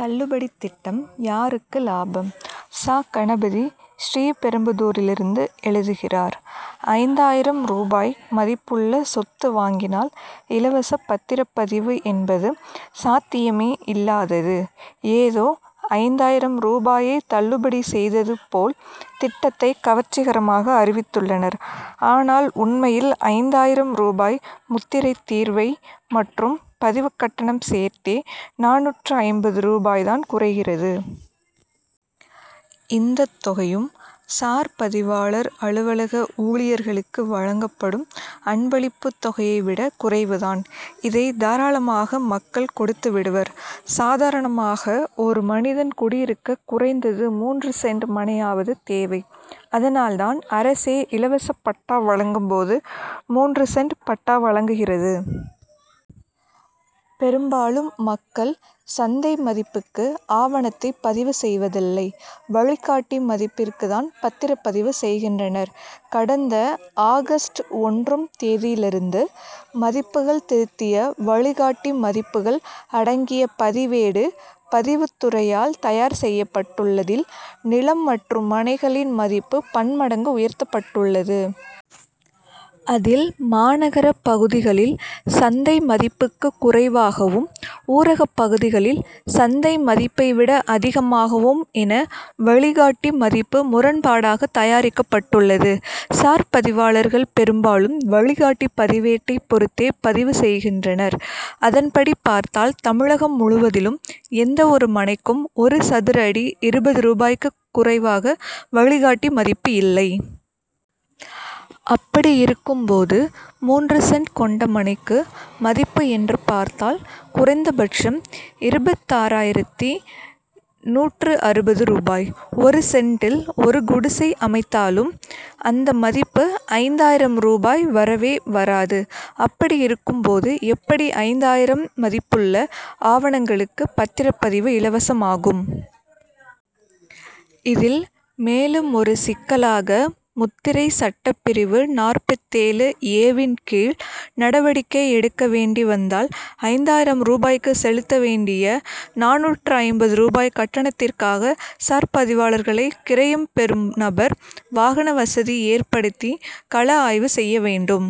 தள்ளுபடி திட்டம் யாருக்கு லாபம்? ச. கணபதி, ஸ்ரீபெரும்புதூரிலிருந்து எழுதுகிறார் ஐந்தாயிரம் ரூபாய் மதிப்புள்ள சொத்து வாங்கினால், இலவச பத்திரப்பதிவு என்பது சாத்தியமே இல்லாதது. ஏதோ ஐந்தாயிரம் ரூபாயை தள்ளுபடி செய்தது போல், திட்டத்தை கவர்ச்சிகரமாக அறிவித்துள்ளனர். ஆனால், உண்மையில் ஐந்தாயிரம் ரூபாய் முத்திரை தீர்வை மற்றும் பதிவு கட்டணம் சேர்த்தே, நானூற்று ஐம்பது ரூபாய் தான் குறைகிறது. இந்த தொகையும், சார் பதிவாளர் அலுவலக ஊழியர்களுக்கு வழங்கப்படும் அன்பளிப்பு தொகையைவிட குறைவு தான். இதை தாராளமாக மக்கள் கொடுத்து விடுவர். சாதாரணமாக, ஒரு மனிதன் குடியிருக்க குறைந்தது மூன்று சென்ட் மனையாவது தேவை. அதனால் தான், அரசே இலவச பட்டா வழங்கும் போது, மூன்று சென்ட் பட்டா வழங்குகிறது. பெரும்பாலும் மக்கள், சந்தை மதிப்புக்கு ஆவணத்தை பதிவு செய்வதில்லை. வழிகாட்டி மதிப்பிற்கு தான் பத்திரப் பதிவு செய்கின்றனர். கடந்த ஆகஸ்ட் ஒன்றும் தேதியிலிருந்து, மதிப்புகள் திருத்திய வழிகாட்டி மதிப்புகள் அடங்கிய பதிவேடு, பதிவுத்துறையால் தயார் செய்யப்பட்டுள்ளதில், நிலம் மற்றும் மனைகளின் மதிப்பு பன் மடங்கு உயர்த்தப்பட்டுள்ளது. அதில், மாநகர பகுதிகளில், சந்தை மதிப்புக்கு குறைவாகவும், ஊரக பகுதிகளில், சந்தை மதிப்பை விட அதிகமாகவும் என, வழிகாட்டி மதிப்பு முரண்பாடாக தயாரிக்கப்பட்டுள்ளது. சார் பதிவாளர்கள் பெரும்பாலும், வழிகாட்டி பதிவேட்டை பொருத்தே பதிவு செய்கின்றனர். அதன்படி பார்த்தால், தமிழகம் முழுவதிலும், எந்த ஒரு மனைக்கும், ஒரு சதுரடி இருபது ரூபாய்க்கு குறைவாக வழிகாட்டி மதிப்பு இல்லை. அப்படியிருக்கும் போது, மூன்று சென்ட் கொண்ட மனைக்கு மதிப்பு என்று பார்த்தால், குறைந்தபட்சம் இருபத்தாறாயிரத்து நூற்று அறுபது ரூபாய். ஒரு சென்டில் ஒரு குடிசை அமைத்தாலும், அந்த மதிப்பு, ஐந்தாயிரம் ரூபாய் வரவே வராது. அப்படியிருக்கும் போது, எப்படி ஐந்தாயிரம் மதிப்புள்ள ஆவணங்களுக்கு பத்திரப் பதிவு இலவசமாகும். இதில், மேலும் ஒரு சிக்கலாக, முத்திரை சட்டப்பிரிவு நாற்பத்தேழு ஏ-வின் கீழ் நடவடிக்கை எடுக்க வேண்டி வந்தால், ஐந்தாயிரம் ரூபாய்க்கு செலுத்த வேண்டிய நானூற்று ஐம்பது ரூபாய் கட்டணத்திற்காக, சார் பதிவாளர்களை, கிரையம் பெறும் நபர், வாகன வசதி ஏற்படுத்தி, கள ஆய்வு செய்ய வேண்டும்.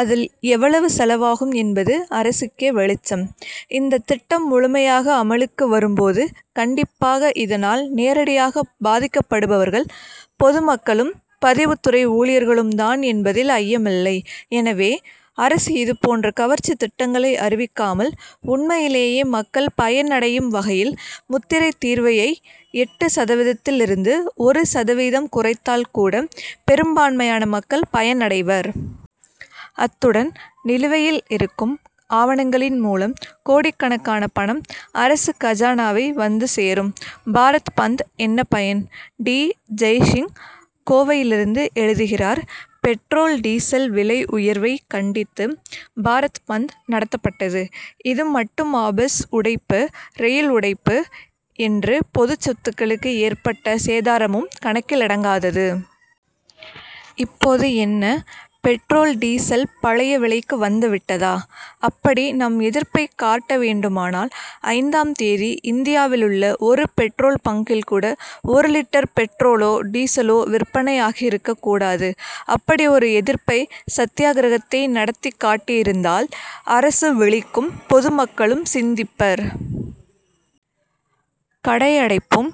அதில் எவ்வளவு செலவாகும் என்பது அரசுக்கே வெளிச்சம். இந்த திட்டம் முழுமையாக அமலுக்கு வரும் போது, கண்டிப்பாக இதனால் நேரடியாக பாதிக்கப்படுபவர்கள், பொது மக்களும், பதிவுத்துறை ஊழியர்களும் தான் என்பதில் ஐயம் இல்லை. எனவே, அரசு இது போன்ற கவர்ச்சி திட்டங்களை அறிவிக்காமல், உண்மையிலேயே மக்கள் பயன் அடையும் வகையில், முத்திரைத் தீர்வையை, எட்டு சதவீதத்தில் இருந்து, ஒரு சதவீதம் குறைத்தால் கூட, பெரும்பான்மையான மக்கள் பயனடைவர். அத்துடன், நிலுவையில் இருக்கும் ஆவணங்களின் மூலம், கோடிக்கணக்கான பணம் அரசு கஜானாவை வந்து சேரும். பாரத் பந்த் என்ன பயன்? டி. ஜெய்சிங், கோவையிலிருந்து எழுதுகிறார் பெட்ரோல், டீசல் விலை உயர்வை கண்டித்து, பாரத் பந்த் நடத்தப்பட்டது. இது மட்டுமாபஸ் உடைப்பு, ரயில் உடைப்பு என்று, பொதுச் சொத்துக்களுக்கு ஏற்பட்ட சேதாரமும் கணக்கிலடங்காது. இப்போது என்ன, பெட்ரோல், டீசல் பழைய விலைக்கு வந்து விட்டதா? அப்படி நம் எதிர்ப்பை காட்ட வேண்டுமானால், ஐந்தாம் தேதி, இந்தியாவிலுள்ள ஒரு பெட்ரோல் பங்க்கில் கூட, ஒரு லிட்டர் பெட்ரோலோ, டீசலோ விற்பனை ஆகி இருக்கக்கூடாது. அப்படி ஒரு எதிர்ப்பை, சத்யாகிரகத்தை நடத்திக் காட்டியிருந்தால், அரசும் விழிக்கும்; பொது மக்களும் சிந்திப்பர். கடையடைப்பும்,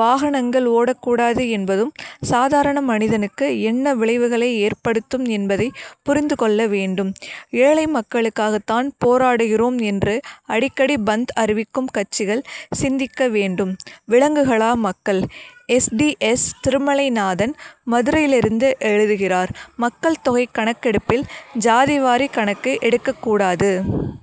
வாகனங்கள் ஓடக்கூடாது என்பதும், சாதாரண மனிதனுக்கு என்ன விளைவுகளை ஏற்படுத்தும் என்பதை புரிந்து கொள்ள வேண்டும். ஏழை மக்களுக்காகத் தான் போராடுகிறோம் என்று அடிக்கடி பந்த் அறிவிக்கும் கட்சிகள், சிந்திக்க வேண்டும். விலங்குகளா மக்கள்? எஸ். டி. எஸ். திருமலைநாதன், மதுரையிலிருந்து எழுதுகிறார் மக்கள்தொகை கணக்கெடுப்பில், ஜாதிவாரி கணக்கு எடுக்கக்கூடாது.